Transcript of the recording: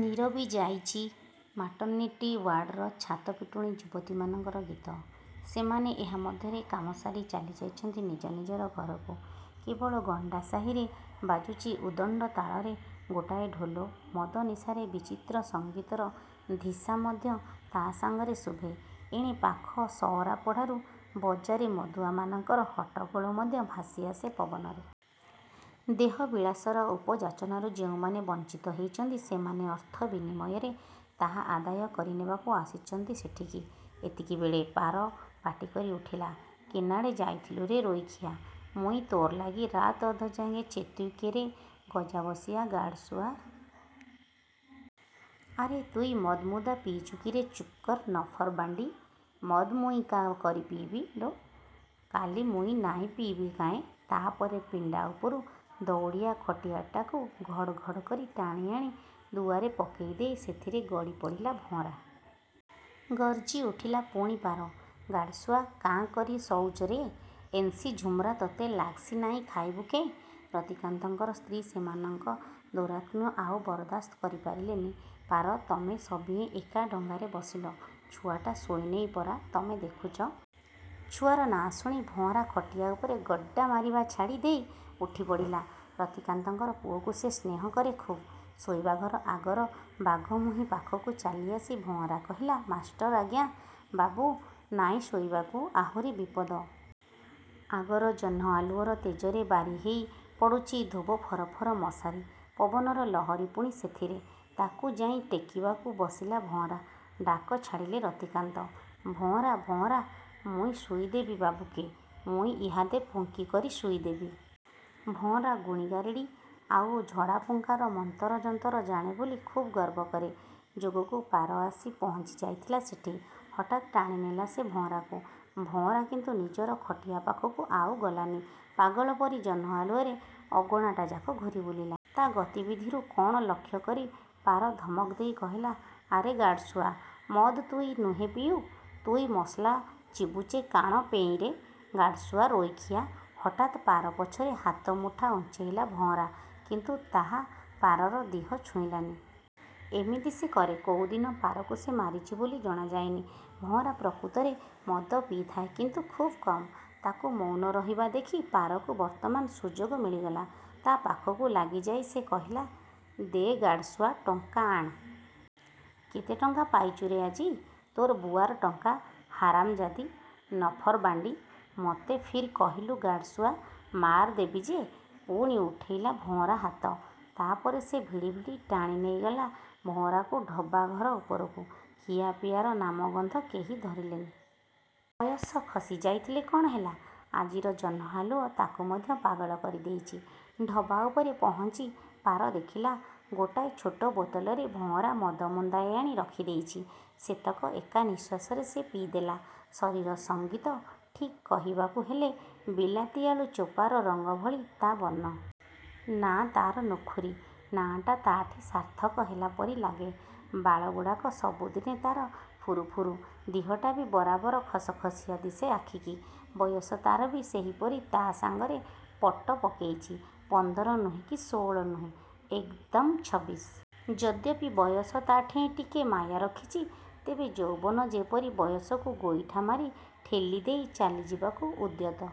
ନୀରବି ଯାଇଚି ମାଟର୍ନିଟି ଓ୍ୟାଡ଼ର ଛାତପିଟୁଣୀ ଯୁବତୀମାନଙ୍କର ଗୀତ। ସେମାନେ ଏହା ମଧ୍ୟରେ କାମସାରି ଚାଲିଯାଇଚନ୍ତି ନିଜନିଜର ଘରକୁ। କେବଳ ଗଣ୍ଡା ସାହିରେ ବାଜୁଚି ଉଦଣ୍ଡ ତାଳରେ ଗୋଟାଏ ଢୋଲ–ମଦ ନିଶାରେ ବିଚିତ୍ର ସଙ୍ଗୀତର ଧିଶା ମଧ୍ୟ ତା ସାଙ୍ଗରେ ଶୁଭେ-। ଏଣେ ପାଖ ସଅରାପଡ଼ାରୁ ବଜାରୀ ମଦୁଆମାନଙ୍କର ହଟ୍ଟଗୋଳ ମଧ୍ୟ ଭାସିଆସେ ପବନରେ-। ଦେହବିଳାସର ଉପଯାଚନାରୁ ଯେଉଁମାନେ ବଞ୍ଚିତ ହେଇଚନ୍ତି, ସେମାନେ ଅର୍ଥ ବିନିମୟରେ ତାହା ଆଦାୟ କରିନେବାକୁ ଆସିଚନ୍ତି ସେଠିକି। ଏତିକିବେଳେ। ପାର ପାଟିକରି ଉଠିଲା, "କେନ୍ଆଡ଼େ ଯାଇଥିଲୁ ରେ ରୋଇଖିଆ" ମୁଁ ଇଁ ତୋର୍ ଲାଗି ରାତ୍ ଅଧ ଯାଏ ଚେତ୍ବି କି ରେ ଗଜାବଅସିଆ... ଗାଡ଼୍ ସୁଆ... ଆରେ ତୁଇ ମଦ୍ ମୁଦା ପିଇଚୁ କିରେ... " ଚୁପ୍କର ନଫର ବାଣ୍ଡି... ମଦ୍ ମୁଇଁ କାଁ କରି ପିଇବି ଲୋ... କାଲି ମୁଇଁ ନାଇଁ ପିଇବି କାଏଁ? " ତା ପରେ ପିଣ୍ଡା ଉପରୁ ଦଉଡ଼ିଆ ଖଟିଆଟାକୁ ଘଡ଼୍ ଘଡ଼୍ କରି ଟାଣିଆଣି ଦୁଆରେ ପକେଇ ଦେଇ ସେଥିରେ ଗଡ଼ି ପଡ଼ିଲା ଭଁଅରା। ଗର୍ଜି ଉଠିଲା ପୁଣି ପାର। "ଗାଡ୍ସୁଆ, କାଁ କରି ଶୁଉଚ ରେ ଏନ୍ସି ଝୁମ୍ରା ତତେ ଲାଗ୍ସି ନାଇଁ ଖାଇବୁ କେଁ? " ରତିକାନ୍ତଙ୍କର ସ୍ତ୍ରୀ ସେମାନଙ୍କ ଦୌରାତ୍ମ୍ୟ ଆଉ ବରଦାସ୍ତ କରିପାରିଲେ ନି। "ପାର ତମେ ସଭିଏଁ ଏକା ଡଙ୍ଗାରେ ବସିଲ? ଛୁଆଟା ଶୋଇନେଇ ପରା ତମେ ଦେଖୁଚ! " ଛୁଆର ନାଁ ଶୁଣି ଭଁଅରା ଖଟିଆ ଉପରେ ଗଡ଼୍ଗଡ଼ା ମାରିବା ଛାଡ଼ି ଦେଇ ଉଠି ପଡ଼ିଲା-। ରତିକାନ୍ତଙ୍କର ପୁଅକୁ ସେ ସ୍ନେହ କରେ ଖୁବ୍। ଶୋଇବାଘର ଆଗର ବାଘମୁହିଁ ପାଖକୁ ଚାଲି ଆସି ଭଁଅରା କହିଲା– "ମାଷ୍ଟର୍, ଆଜ୍ଞା... 'ବାବୁ ନାଇଁ ଶୋଇବାକୁ? " ଆହୁରି ବିପଦ। ଆଗର ଜହ୍ନଆଲୁଅର ତେଜରେ ବାରି ହେଇ ପଡ଼ୁଚି ଧୋବ ଫରଫର ମଶାରି, ପବନର ଲହରୀ ପୁଣି ସେଥିରେ। ତାକୁ ଯାଇଁ ଟେକିବାକୁ ବସିଲା ଭଅଁରା। ଡାକ ଛାଡ଼ିଲେ ରତିକାନ୍ତ। "ଭଅଁରା... ଭଅଁରା... " 'ମୁଇଁ ଶୁଇ ଦେବି ବାବୁକେ... ମୁଇଁ ଇହାଦେ ଫୁଙ୍କି କରି ଶୁଇ ଦେବି!! ଭଅଁରା ଗୁଣୀଗାରିଡ଼ି ଆଉ ଝଡ଼ାଫୁଙ୍କାର ମନ୍ତର ଯନ୍ତର ଜାଣେ ବୋଲି ଖୁବ୍ ଗର୍ବ କରେ। ଯୋଗକୁ ପାର ଆସି ପହଞ୍ଚିଯାଇଥିଲା ସେଠି। ହଠାତ୍ ଟାଣି ନେଲା ସେ ଭଅଁରାକୁ। ଭଅଁରା କିନ୍ତୁ ନିଜର ଖଟିଆ ପାଖକୁ ଆଉ ଗଲାନି। ପାଗଳ ପରି ଜହ୍ନଆଲୁଅରେ ଅଗଣାଟାଯାକ ଘୂରି ବୁଲିଲା। ତା' ଗତିବିଧିରୁ କଣ ଲକ୍ଷ୍ୟ କରି ପାର ଧମକ ଦେଇ କହିଲା, "ଆରେ ଗାଡ୍ସୁଆ, ମଦ୍ ତୁଇ ନୁହେ ପିଉ... ତୁଇ ମସଲା ଚିବୁଚେ କାଣ ପେଇଁରେ... ଗାଡ୍ସୁଆ, ରୋଇଖିଆ! " ହଠାତ୍ ପାର ପଛରେ ହାତ ମୁଠା ଉଞ୍ଚେଇଲା ଭଅଁରା। କିନ୍ତୁ ତାହା ପାରର ଦିହ ଛୁଇଁଲାନି। ଏମିତି ସେ କରେ। କୋଉଦିନ ପାରକୁ ସେ ମାରିଚି ବୋଲି ଜଣାଯାଇନି। ଭଅଁରା ପ୍ରକୃତରେ ମଦ ପିଇଥାଏ, କିନ୍ତୁ ଖୁବ୍ କମ୍। ତାକୁ ମୌନ ରହିବା ଦେଖି ପାରକୁ ବର୍ତ୍ତମାନ ସୁଯୋଗ ମିଳିଗଲା। ତା' ପାଖକୁ ଲାଗିଯାଇ ସେ କହିଲା, "ଦେ ଗାଡ୍ସୁଆ, ଟଙ୍କା ଆଣ୍... କେତେ ଟଙ୍କା ପାଇଚୁରେ ଆଜି? " "ତୋର ବୁଆର୍ ଟଙ୍କା, ହାରାମଜାଦି! ନଫରବାଣ୍ଡି, ମତେ ଫିର୍ କହିଲୁ ଗାଡ୍ସୁଆ... ମାଆର୍ ଦେଵି ଯେ" ପୁଣି ଉଠେଇଲା ଭଅଁରା ହାତ। ତା ପରେ ସେ ଭିଡ଼ି ଭିଡ଼ି ଟାଣି ନେଇଗଲା ଭଅଁରାକୁ ଢବା ଘର ଉପରକୁ। ଖିଆପିଆର ନାମଗନ୍ଧ କେହି ଧରିଲେନି। ବୟସ ଖସି ଯାଇଥିଲେ କଣ ହେଲା, ଆଜିର ଜହ୍ନଆଲୁଅ ତାକୁ ମଧ୍ୟ ପାଗଳ କରିଦେଇଚି। ଢବା ଉପରେ ପହଞ୍ଚି ପାର ଦେଖିଲା, ଗୋଟାଏ ଛୋଟ ବୋତଲରେ ଭଅଁରା ମଦ ମୁନ୍ଦାଏ ଆଣି ରଖି ଦେଇଚି। ସେତକ ଏକା ନିଶ୍ୱାସରେ ସେ ପିଇଦେଲା। ଶରୀର–ସଙ୍ଗୀତ ଠିକ୍ କହିବାକୁ ହେଲେ ବିଲାତିଆଳୁ ଚୋପାର ରଙ୍ଗ ଭଳି ତା' ବର୍ଣ୍ଣ। ନାଁ ତାର ନୁଖୁରୀ-। ନାଁଟା ତା'ଠି ସାର୍ଥକ ହେଲା ପରି ଲାଗେ। ବାଳଗୁଡ଼ାକ ସବୁଦିନେ ତାର ଫୁରୁଫୁରୁ–ଦିହଟା ଵି ବରାବର ଖସଖସିଆ ଦିଶେ ଆଖିକି। ବୟସ ତା'ର ଵି ସେହିପରି ତା ସାଙ୍ଗରେ ପଟ ପକେଇଚି-। ପନ୍ଦର ନୁହେଁ କି ଷୋଳ ନୁହେଁ। ଏକଦମ୍ ଛବିଶ। ଯଦ୍ୟପି ବୟସ ତାଠେଇଁ ଟିକେ ମାୟା ରଖିଚି, ତେବେ ଯୌବନ ଯେପରି ବୟସକୁ ଗୋଇଠା ମାରି ଠେଲି ଦେଇ ଚାଲିଯିବାକୁ ଉଦ୍ୟତ-।